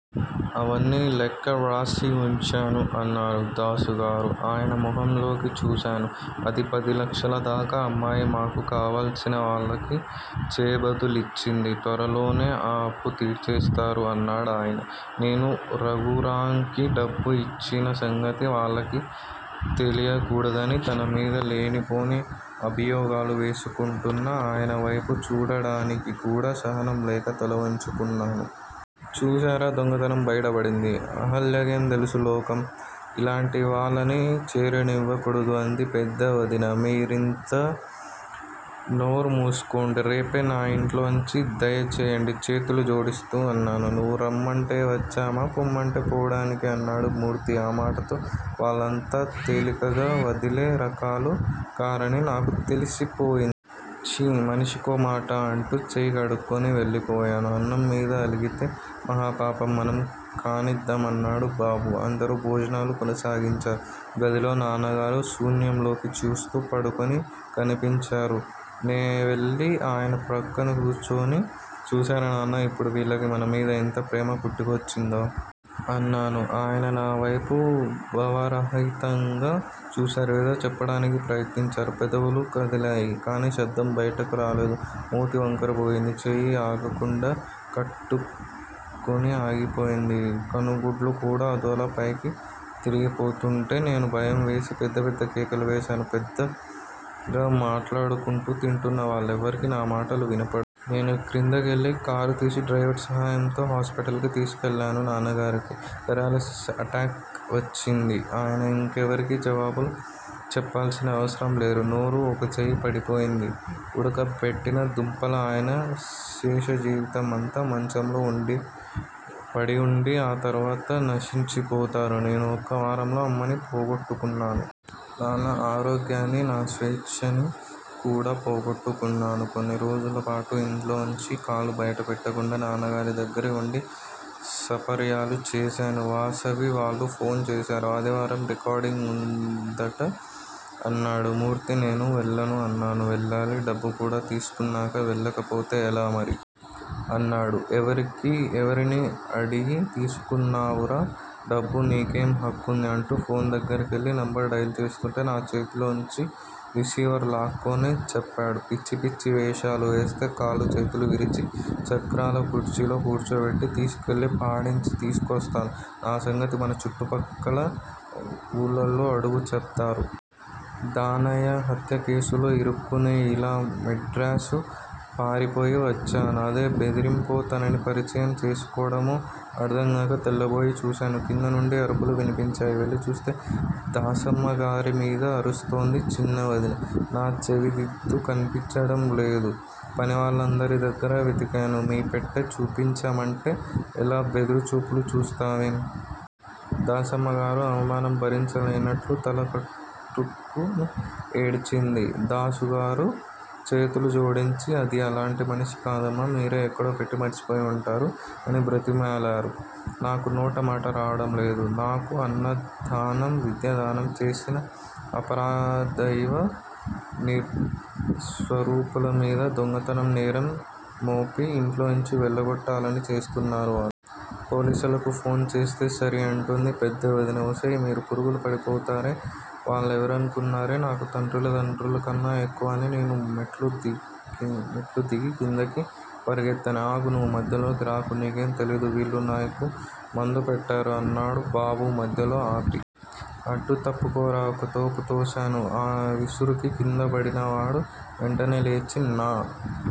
అవన్నీ లెక్క వ్రాసి వుంచాను అన్నారు దాసుగారు. ఆయన మొహంలోకి చూశాను. పది పది లక్షలదాకా అమ్మాయి మాకు కావలసినవాళ్ళకి చేబదులిచ్చింది. త్వరలోనే ఆ అప్పూ తీర్చేస్తారు అన్నాడాయన. నేను రఘురాంకి డబ్బు యిచ్చిన సంగతి వాళ్ళకి తెలీకూడదని తనమీద లేనిపోని అభియోగాలు వేసుకుంటున్న ఆయనవైపు చూడడానికి కూడా సాహనం లేక తలవంచుకున్నాను. చూశారా దొంగతనం బయటపడింది. అహల్యకేం తెలుసు లోకం? ఇలాంటివాళ్ళని చేరనివ్వకూడదు అంది పెద్ద వదిన. మీరింతా నోర్మూసుకోండి. రేపే నా ఇంట్లోంచి దయచెయ్యండి చేతులు జోడిస్తూ అన్నాను. నువ్వు రమ్మంటే వచ్చామా పొమ్మంటే పోడానికి? అన్నాడు మూర్తి. ఆ మాటతో వాళ్ళు అంత తేలికగా వదిలే రకాలు కారని నాకు తెలిసిపోయిం ఛీ! మనిషికోమాట అంటూ చెయ్యి కడుక్కుని వెళ్ళిపోయాను. అన్నం మీద అలిగితే మహాపాపం మనం కానిద్దాం అన్నాడు బాబు. అందరూ భోజనాలు కొనసాగించారు. గదిలో నాన్నగారు శూన్యంలోకి చూస్తూ పడుకుని కనిపించారు. నేవెళ్ళి ఆయన పక్కన కూర్చుని చూశారా నాన్నా? ఇప్పుడు వీళ్ళకి మన మీద ఎంత ప్రేమ పుట్టుకొచ్చిందో? అన్నాను. ఆయన నావైపు భావరహితంగా చూశారు. ఏదో చెప్పడానికి ప్రయత్నించారు. పెదవులూ కదిలాయి. కానీ శబ్దం బయటికి రాలేదు. మూతి వంకరబోయింది. చెయ్యి ఆగకుండా కట్టుకుని ఆగిపోయింది. కనుగుడ్లు కూడా అదోలా పైకి తిరిగిపోతుంటే నేను భయం వేసి పెద్ద పెద్ద కేకలు వేశాను. పెద్దగా మాట్లాడుకుంటూ తింటున్న వాళ్ళెవ్వరికీ నా మాటలు వినప. నేను క్రిందకెళ్ళి కారుతీసి డ్రైవరు సాయంతో హాస్పిటల్ కి తీసుకెళ్ళాను. నాన్నగారికి పెరాల్సిస్ ఎటాక్ వచ్చింది. ఆయన ఇంకెవరికీ జవాబులు చెప్పాల్సిన అవసరంలేదు. నోరూ, ఒక చెయ్యీ పడిపోయింది. ఉడకబెట్టిన దుంపలా ఆయన శేషజీవితం అంతా మంచంలో పడివుండి ఆ తర్వాత నశించిపోతారు. నేను ఒక్క వారంలో అమ్మని పోగొట్టుకున్నాను. నాన్న ఆరోగ్యాన్నీ, నా స్వేచ్చనీ కూడా పోగొట్టుకున్నాను. కొన్ని రోజులపాటు ఇంట్లోంచి కాలు బయటపెట్టకుండా నాన్నగారి దగ్గరే వుండి సపర్యలు చేశాను. వాసవి వాళ్ళు ఫోన్ చేశారు. ఆదివారం రికార్డింగ్ వుందట అన్నాడు మూర్తి. నేను వెళ్ళను అన్నాను. వెళ్ళాలి డబ్బు కూడా తీసుకున్నాకా వెళ్ళకపోతే ఎలా మరి? అన్నాడు. ఎవరిని అడిగి తీసుకున్నావురా డబ్బు? నీకేం హక్కుంది? అంటూ ఫోన్ దగ్గరకెళ్ళి నెంబర్ డైల్ చేస్తుంటే నా చేతిలోంచి రిసీవర్ లాక్కుని చెప్పాడు. పిచ్చి పిచ్చి వేషాలువేస్తే కాళ్ళూ చేతులూ విరిచి, చక్రాల కుర్చీలో కూర్చోపెట్టి తీసుకెళ్ళి పాడించి తీసుకొస్తాను. నా సంగతి మన చుట్టుప్రక్కల వూళ్ళల్లో అడుగు చెప్తారు. దానయ్య హత్యకేసులో ఇరుక్కునే ఇలా మెడ్రాసు పారిపోయి వచ్చాను. అది బెదిరింపొ, తనని పరిచయం చేసుకోడమో అర్ధంకాక తెల్లబోయి చూశాను. కింద నుండి అరుపులు వినిపించాయి. వెళ్ళి చూస్తే దాసమ్మగారి మీద అరుస్తోంది చిన్నవదిన. నా చెవిదిద్దు కనిపించడంలేదు. పనివాళ్ళందరి దగ్గరా వెతికాను. మీ పెట్టె చూపించమంటే అలా బెదురుచూపులు చూస్తావేం? దాసమ్మగారు అవమానం భరించలేనట్లు తల కట్టుకుని ఏడ్చింది. దాసుగారు చేతులు జోడించి అది అలాంటి మనిషి కాదమ్మా! మీరే ఎక్కడో పెట్టి మరిచిపోయి వుంటారు అని బ్రతిమాలారు. నాకు నోటమాట రావడంలేదు. నాకు అన్నదానం, విద్యాదానం చేసిన అపరదైవ స్వరూపాలమీద దొంగతనం నేరం మోపి యింట్లోంచి వెళ్ళగొట్టాలని చేస్తున్నారు వాళ్ళు. పోలీసులకి ఫోన్ చేస్తే సరి! అంటోంది పెద్ద వదిన. ఒసేయ్ మీరు పురుగులు పడిపోతారే వాళ్ళెవరనుకున్నారే? నాకు తల్లిదండ్రులకన్నా ఎక్కువ అని నేను మెట్లుదిగి కిందకి పరిగెత్తాను. ఆగు! నువ్వు మధ్యలోకి రాకు నీకేం తెలీదు. వీళ్ళు నాకు మందు పెట్టారు అన్నాడు బాబు మధ్యలో ఆపి. అడ్డు తప్పుకోరా! ఒక్కతోపు తోశాను. ఆ విసురుకి కిందపడినవాడు వెంటనే లేచి నా